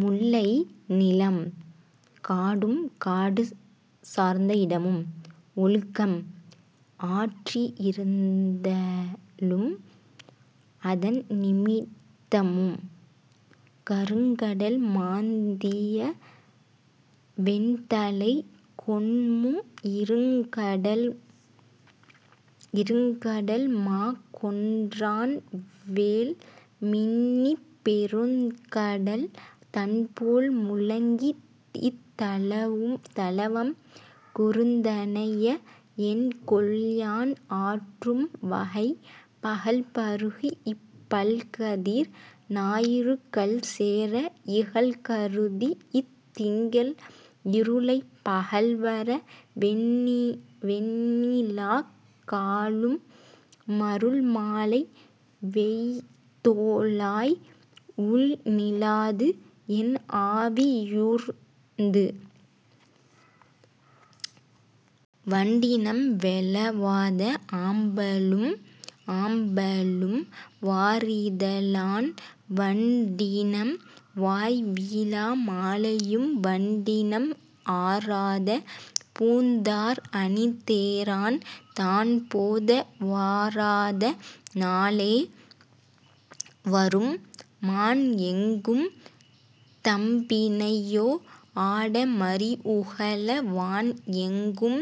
முல்லை நிலம்: காடும் காடு சார்ந்த இடமும். ஒழுக்கம்: ஆற்றி இருத்தலும் அதன் நிமித்தமும். கருங்கடல் மாந்திய வெண்தலைக் கொண்மூ இருங்கடல்மா கொன்றான்வேல் மின்னிப் பெருங்கடல் தன்போல் முழங்கித் தளவம் குருந்தனைய என்கொல்யான் ஆற்றும் வகை. பகல்பருகிப் பல்கதிர் ஞாயிறுகல் சேர இகல்கருதித் திங்கள் இருளைப் பகல்வர வெண்ணிலாக் காலும் மருள்மாலை வேய்த்தோளாய் உள் நிலாது என்ஆவி யூர்ந்து. வண்டினம் வௌவாத ஆம்பலும் வாரிதழான் வண்டினம் வாய்வீழா மாலையும் வண்டினம் ஆராத பூந்தார் அணிதேரான் தான்போத வாராத நாளே வரும். மான்எங்கும் தம்பிணையோ ஆட மறிஉகள வான்எங்கும்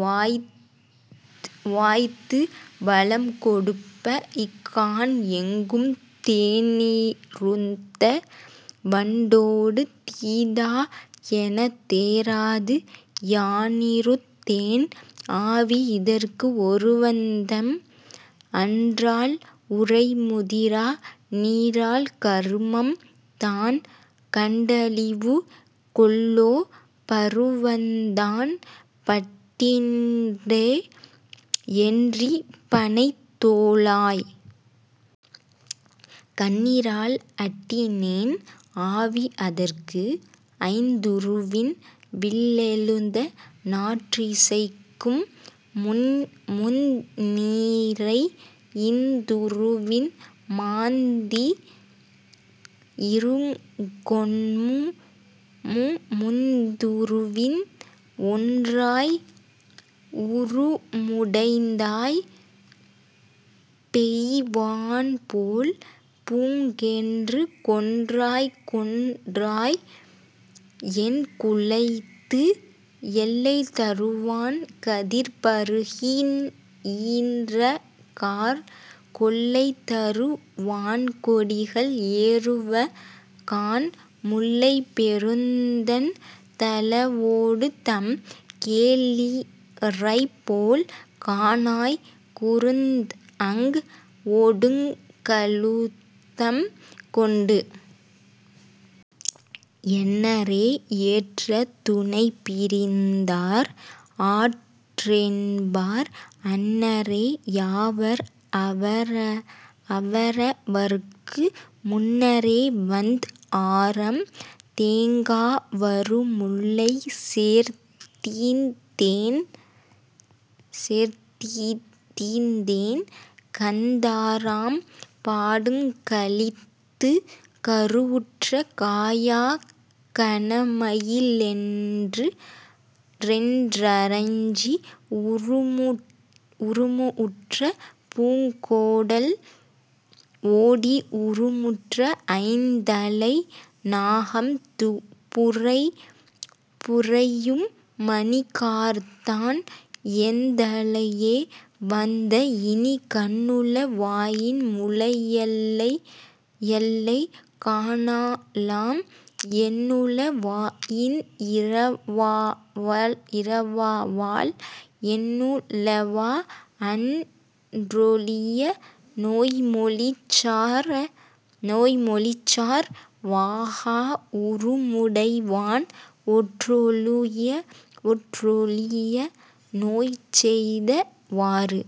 வாய்த்து வளம்கொடுப்பக் கான்எங்கும் தேனிறுத்த வண்டோடு தீதா எனத்தேராது யானிறுத்தேன் ஆவி இதற்கு. ஒருவந்தம் அன்றால் உறைமுதிரா நீரால் கருமம்தான் கண்டழிவு கொல்லோ பருவந்தான் பட்டின்றே என்றி பணைத் தோளாய்! கண்ணீரால் அட்டினேன் ஆவி அதற்கு. ஐந்துருவின் வில்லெழுத நாற்றிசைக்கும் முந்நீரை இந்துருவின் மாந்தி இருங்கொண்மூ முந்துருவின் ஒன்றாய் உருமுடைத்தாய் பெய்வான்போல் பூக்கென்று கொன்றாய்கொன் றாய்என் குழைத்து. எல்லை தருவான் கதிர் பருகி யீன்றகார் கொல்லைதரு வான்கொடிகள் ஏறுவகாண் முல்லை பெருந்தண் தளவொடுதம் கேளிரைப்போல் காணாய் குருந்அங் ஒடுங்கழுத்தம் கொண்டு. என்னரே ஏற்ற துணைப்பிரிந்தார் ஆற்றென்பார் அன்னரே யாவர் அவரவர்க்கு முன்னரே வந்ஆரம் தேங்கா வருமுல்லை, சேர்தீந்தேன் கந்தாரம் பாடுங் களித்து. கருவுற்ற காயாக் கணமயிலென்று றஞ்சி உருமுஉற்ற பூங்கோடல் ஓடி உருமுற்ற ஐந்தலை நாகம் புரையும் மணிக்கார்தான் எந்தலையே வந்த இனி. கண்ணுள வாயின் முலையல்லை காணலாம் எண்ணுள வாயின் இறவாவால் எண்ணுளவா அன்றொழிய நோய்மொழிச்சார் வாகா உருமுடை வான் ஒன்றொழிய நோய்செய்த வாறு.